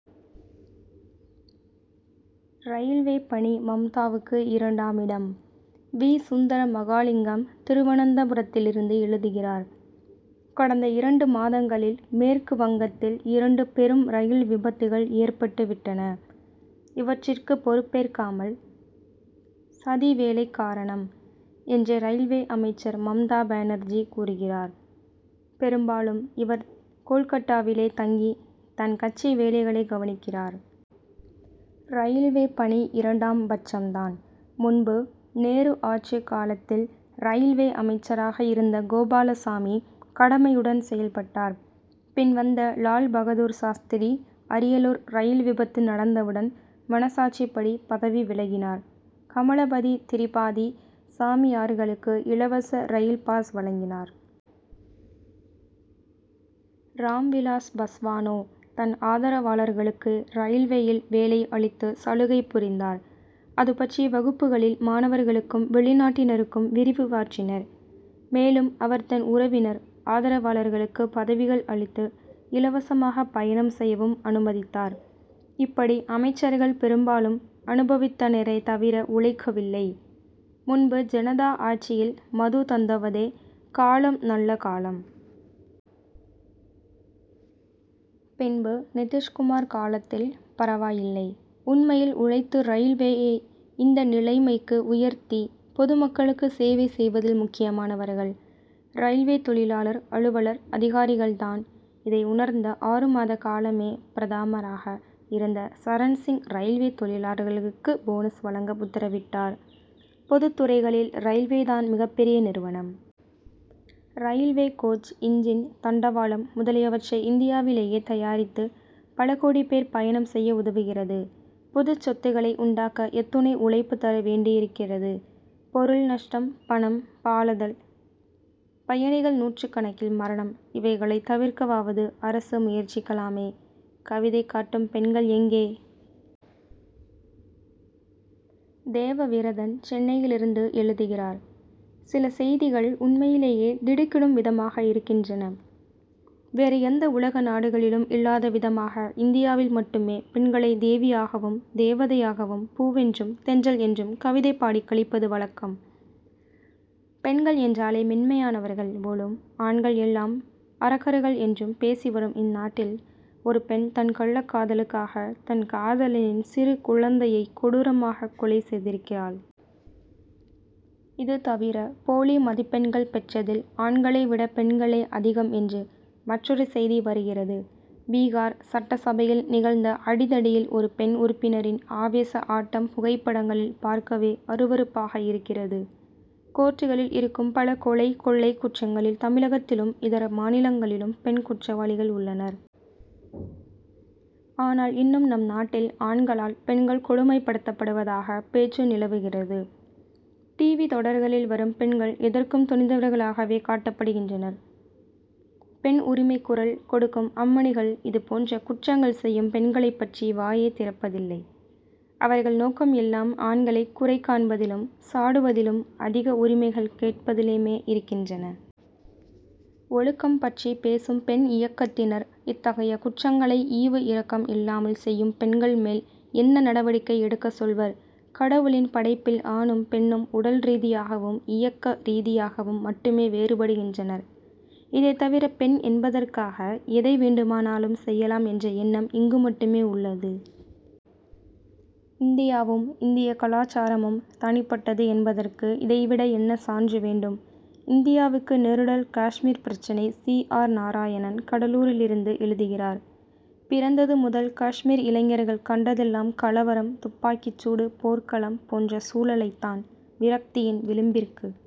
Railway பணி மம்தாவுக்குஇரண்டாமிடம்! V. Sundara Mahalingam, திருவனந்தபுரத்திலிருந்து எழுதுகிறார்: கடந்த இரண்டு மாதங்களில், மேற்கு வங்கத்தில் இரண்டு பெரும் ரயில் விபத்துகள் ஏற்பட்டு விட்டன. இவற்றுக்குப் பொறுப்பேற்காமல், "சதி வேலை காரணம்' என்று, ரயில்வே அமைச்சர் மம்தா பானர்ஜி கூறுகிறார். பெரும்பாலும் இவர் கோல்கட்டாவிலேயே தங்கி, தன் கட்சி வேலைகளைக் கவனிக்கிறார். ரயில்வே பணி இரண்டாம் பட்சம் தான். முன்பு, நேரு ஆட்சி காலத்தில் ரயில்வே அமைச்சராக இருந்த கோபாலசாமி, கடமையுடன் செயல்பட்டார். பின் வந்த லால்பகதூர் சாஸ்திரி, அரியலூர் ரயில் விபத்து நடந்தவுடன், மனசாட்சிப்படி பதவி விலகினார். கமலபதி திரிபாதி, சாமியார்களுக்கு இலவச ரயில் பாஸ் வழங்கினார். ராம்விலாஸ் பஸ்வானோ, தன் ஆதரவாளர்களுக்கு ரயில்வேயில் வேலை அளித்து சலுகை புரிந்தார். அதுபற்றி வகுப்புகளில், மாணவர்களுக்கும், வெளிநாட்டினருக்கும் விரிவுரையாற்றினார். மேலும், அவர் தன் உறவினர், ஆதரவாளர்களுக்குப் பதவிகள் அளித்து, இலவசமாகப் பயணம் செய்யவும் அனுமதித்தார். இப்படி அமைச்சர்கள் பெரும்பாலும் அனுபவித்தனரே தவிர உழைக்கவில்லை. முன்பு ஜனதா ஆட்சியில், மது தந்தவதே காலம் நல்ல காலம். பின்பு, நிதிஷ்குமார் காலத்தில் பரவாயில்லை. உண்மையில் உழைத்து, ரயில்வேயை இந்த நிலைக்கு உயர்த்தி, பொதுமக்களுக்கு சேவை செய்வதில் முக்கியமானவர்கள், ரயில்வே தொழிலாளர், அலுவலர், அதிகாரிகள் தான். இதை உணர்ந்த, ஆறு மாத காலமே பிரதமராக இருந்த சரண்சிங், ரயில்வே தொழிலாளர்களுக்கு போனஸ் வழங்க உத்தரவிட்டார். பொதுத் துறைகளில், ரயில்வே தான் மிகப்பெரிய நிறுவனம். ரயில்வே கோச், இன்ஜின், தண்டவாளம் முதலியவற்றை இந்தியாவிலேயே தயாரித்து, பல கோடிப் பேர் பயணம் செய்ய உதவுகிறது. பொதுச் சொத்துக்களை உண்டாக்க எத்துணை உழைப்பு தர வேண்டியிருக்கிறது! பொருள் நஷ்டம், பணம் பாழாதல், பயணிகள் நூற்றுக்கணக்கில் மரணம். இவைகளைத் தவிர்க்கவாவது அரசு முயற்சிக்கலாமே! கவிதை காட்டும் பெண்கள் எங்கே? தேவவிரதன், சென்னையிலிருந்து எழுதுகிறார்: சில செய்திகள் உண்மையிலேயே திடுக்கிடும் விதமாக இருக்கின்றன. வேறு எந்த உலக நாடுகளிலும் இல்லாத விதமாக, இந்தியாவில் மட்டுமே, பெண்களை தேவியாகவும், தேவதையாகவும், பூவென்றும், தென்றல் என்றும் கவிதை பாடிக் களிப்பது வழக்கம். பெண்கள் என்றாலே, மென்மையானவர்கள் போலும், ஆண்கள் எல்லாம் அரக்கர்கள் என்றும் பேசி வரும் இந்நாட்டில், ஒரு பெண் தன் கள்ளக் காதலுக்காக, தன் காதலனின் சிறு குழந்தையை கொடூரமாகக் கொலை செய்திருக்கிறாள். இது தவிர, போலி மதிப்பெண்கள் பெற்றதில், ஆண்களை விட, பெண்களே அதிகம் என்று மற்றொரு செய்தி வருகிறது. பீகார் சட்டசபையில் நிகழ்ந்த அடிதடியில், ஒரு பெண் உறுப்பினரின் ஆவேச ஆட்டம், புகைப்படங்களில் பார்க்கவே அருவருப்பாக இருக்கிறது. கோர்ட்டுகளில் இருக்கும் பல கொலை, கொள்ளை குற்றங்களில், தமிழகத்திலும், இதர மாநிலங்களிலும், பெண் குற்றவாளிகள் உள்ளனர். ஆனால், இன்னும் நம் நாட்டில், ஆண்களால், பெண்கள் கொடுமைப் படுத்தப்படுவதாக பேச்சு நிலவுகிறது. "டிவி' தொடர்களில் வரும் பெண்கள், எதற்கும் துணிந்தவர்களாகவே காட்டப்படுகின்றனர். பெண் உரிமைக்குக் குரல் கொடுக்கும் அம்மணிகள், இது போன்ற குற்றங்கள் செய்யும் பெண்களைப் பற்றி வாயே திறப்பதில்லை. அவர்கள் நோக்கம் எல்லாம், ஆண்களை குறை காண்பதிலும், சாடுவதிலும், அதிக உரிமைகள் கேட்பதிலுமே இருக்கின்றன. ஒழுக்கம் பற்றிப் பேசும் பெண் இயக்கத்தினர், இத்தகைய குற்றங்களை ஈவு இரக்கம் இல்லாமல் செய்யும் பெண்கள் மேல் என்ன நடவடிக்கை எடுக்க சொல்வர்? கடவுளின் படைப்பில் ஆணும், பெண்ணும், உடல் ரீதியாகவும், இயக்க ரீதியாகவும் மட்டுமே வேறுபடுகின்றனர். இதை தவிர, பெண் என்பதற்காக எதை வேண்டுமானாலும் செய்யலாம் என்ற எண்ணம் இங்கு மட்டுமே உள்ளது. இந்தியாவும், இந்திய கலாசாரமும் தனிப்பட்டது என்பதற்கு, இதை விட என்ன சான்று வேண்டும்? இந்தியாவுக்கு நெருடல் காஷ்மீர் பிரச்னை: சி. ஆர். நாராயணன், கடலூரிலிருந்து எழுதுகிறார்: பிறந்தது முதல் காஷ்மீர் இளைஞர்கள் கண்டதெல்லாம், கலவரம், துப்பாக்கிச் சூடு, போர்க்களம் போன்ற சூழலைத் தான். விரக்தியின் விளிம்பிற்கு